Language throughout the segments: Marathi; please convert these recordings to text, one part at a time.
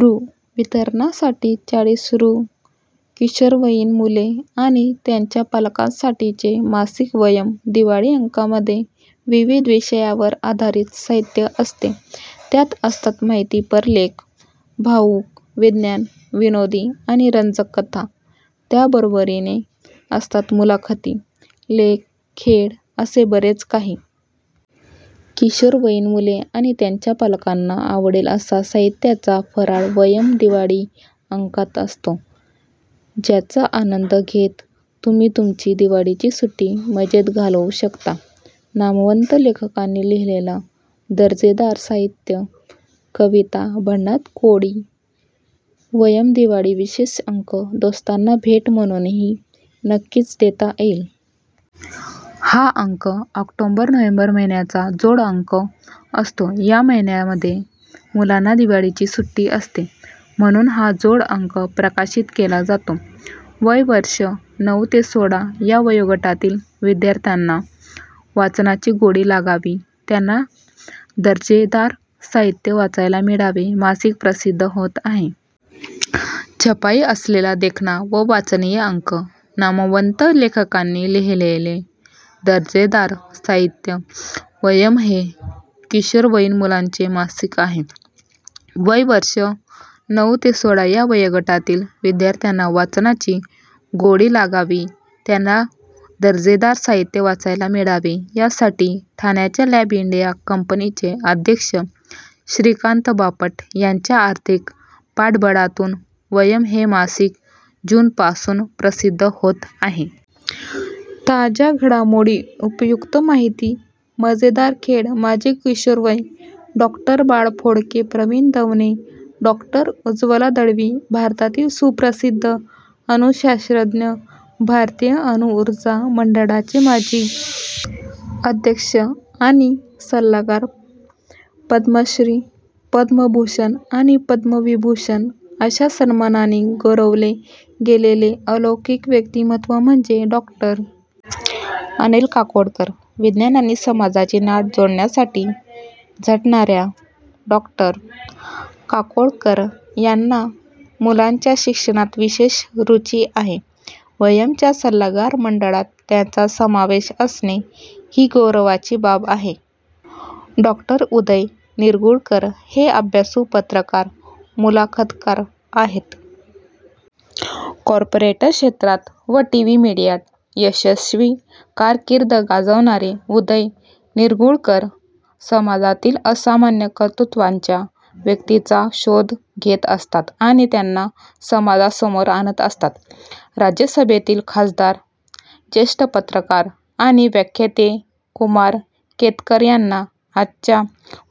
रु. वितरणासाठी चाळीस रु. किशोरवयीन मुले आणि त्यांच्या पालकांसाठीचे मासिक वयम दिवाळी अंकामध्ये विविध विषयांवर आधारित साहित्य असते. त्यात असतात माहितीपर लेख, भावूक, विज्ञान, विनोदी आणि रंजक कथा. त्याबरोबरीने असतात मुलाखती, लेख, खेळ असे बरेच काही. किशोरवयीन मुले आणि त्यांच्या पालकांना आवडेल असा साहित्याचा फराळ वयम दिवाळी अंकात असतो. ज्याचा आनंद घेत तुम्ही तुमची दिवाळीची सुट्टी मजेत घालवू शकता. नामवंत लेखकांनी लिहिलेले दर्जेदार साहित्य, कविता, भन्नाट कोडी, वयम दिवाळी विशेष अंक दोस्तांना भेट म्हणूनही नक्कीच देता येईल. हा अंक ऑक्टोबर-नोव्हेंबर महिन्याचा जोड अंक असतो. या महिन्यामध्ये मुलांना दिवाळीची सुट्टी असते. म्हणून हा जोड अंक प्रकाशित केला जातो. वय वर्षे नऊ ते सोळा या वयोगटातील विद्यार्थ्यांना वाचनाची गोडी लागावी, त्यांना दर्जेदार साहित्य वाचायला मिळावे, मासिक प्रसिद्ध होत आहे. छपाई असलेला देखणा व वाचनीय अंक नामवंत लेखकांनी लिहिलेले दर्जेदार साहित्य वयम हे किशोरवयीन मुलांचे मासिक आहे. वय वर्षे नऊ ते सोळा या वयोगटातील विद्यार्थ्यांना वाचनाची गोडी लागावी, त्यांना दर्जेदार साहित्य वाचायला मिळावे, यासाठी ठाण्याच्या लॅबइंडिया कंपनीचे अध्यक्ष श्रीकांत बापट यांच्या आर्थिक पाठबळातून वयम हे मासिक जून पासून प्रसिद्ध होत आहे. ताज्या घडामोडी, उपयुक्त माहिती मजेदार खेळ माझे किशोरवय डॉ. बाळ फोंडके प्रवीण दवणे डॉ. उज्ज्वला दळवी भारतातील सुप्रसिद्ध अणुशास्त्रज्ञ, भारतीय अणुऊर्जा मंडळाचे माजी अध्यक्ष आणि सल्लागार, पद्मश्री, पद्मभूषण आणि पद्मविभूषण अशा सन्मानांनी गौरवले गेलेले अलौकिक व्यक्तिमत्त्व म्हणजे डॉ. अनिल काकोडकर. विज्ञान आणि समाजाची नाळ जोडण्यासाठी झटणाऱ्या डॉ. काकोडकर यांना मुलांच्या शिक्षणात विशेष रुची आहे. वयम च्या सल्लागार मंडळात त्यांचा समावेश असणे, ही गौरवाची बाब आहे. डॉ. उदय निरगुडकर हे अभ्यासू पत्रकार, मुलाखतकार आहेत. कॉर्पोरेट क्षेत्रात व टीव्ही मिडियात यशस्वी कारकीर्द गाजवणारे उदय निरगुडकर समाजातील असामान्य कर्तृत्वाच्या व्यक्तींचा शोध घेत असतात आणि त्यांना समाजासमोर आणत असतात. राज्यसभेतील खासदार, ज्येष्ठ पत्रकार आणि व्याख्याते कुमार केतकर यांना आजच्या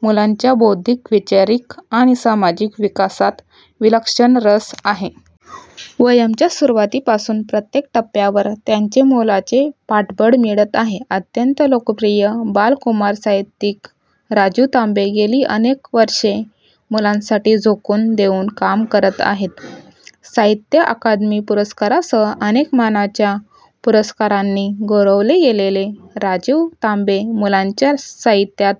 मुलांच्या बौद्धिक, वैचारिक व सामाजिक विकासात विलक्षण रस आहे. वयम् च्या सुरुवातीपासून प्रत्येक टप्प्यावर त्यांचे मोलाचे पाठबळ मिळत आहे. अत्यंत लोकप्रिय बाल-कुमार साहित्यिक राजीव तांबे गेली अनेक वर्षे मुलांसाठी झोकून देऊन काम करत आहेत. साहित्य अकादमी पुरस्कारासह अनेक मानाच्या पुरस्कारांनी गौरवले गेलेले राजीव तांबे मुलांच्या साहित्यात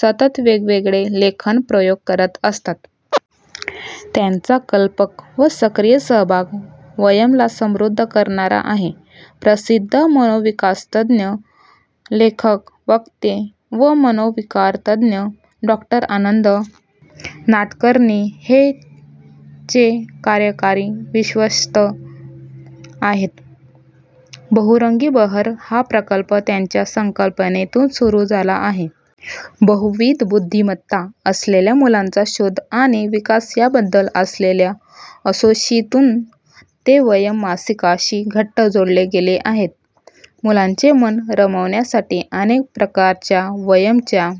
सतत वेगवेगळे लेखन-प्रयोग करत असतात. त्यांचा कल्पक व सक्रीय सहभाग वयम ला समृद्ध करणारा आहे. प्रसिद्ध मनोविकासतज्ज्ञ, लेखक, वक्ते व मनोविकारतज्ज्ञ डॉ. आनंद नाडकर्णी हे चे कार्यकारी विश्वस्त आहेत. बहुरंगी बहर हा प्रकल्प त्यांच्या संकल्पनेतून सुरू झाला आहे. बहुविध बुद्धिमत्ता असलेल्या मुलांचा शोध आणि विकास याबद्दल असलेल्या असोशीतून ते वयम मासिकाशी घट्ट जोडले गेले आहेत. मुलांचे मन रमवण्यासाठी अनेक प्रकारच्या वयम च्या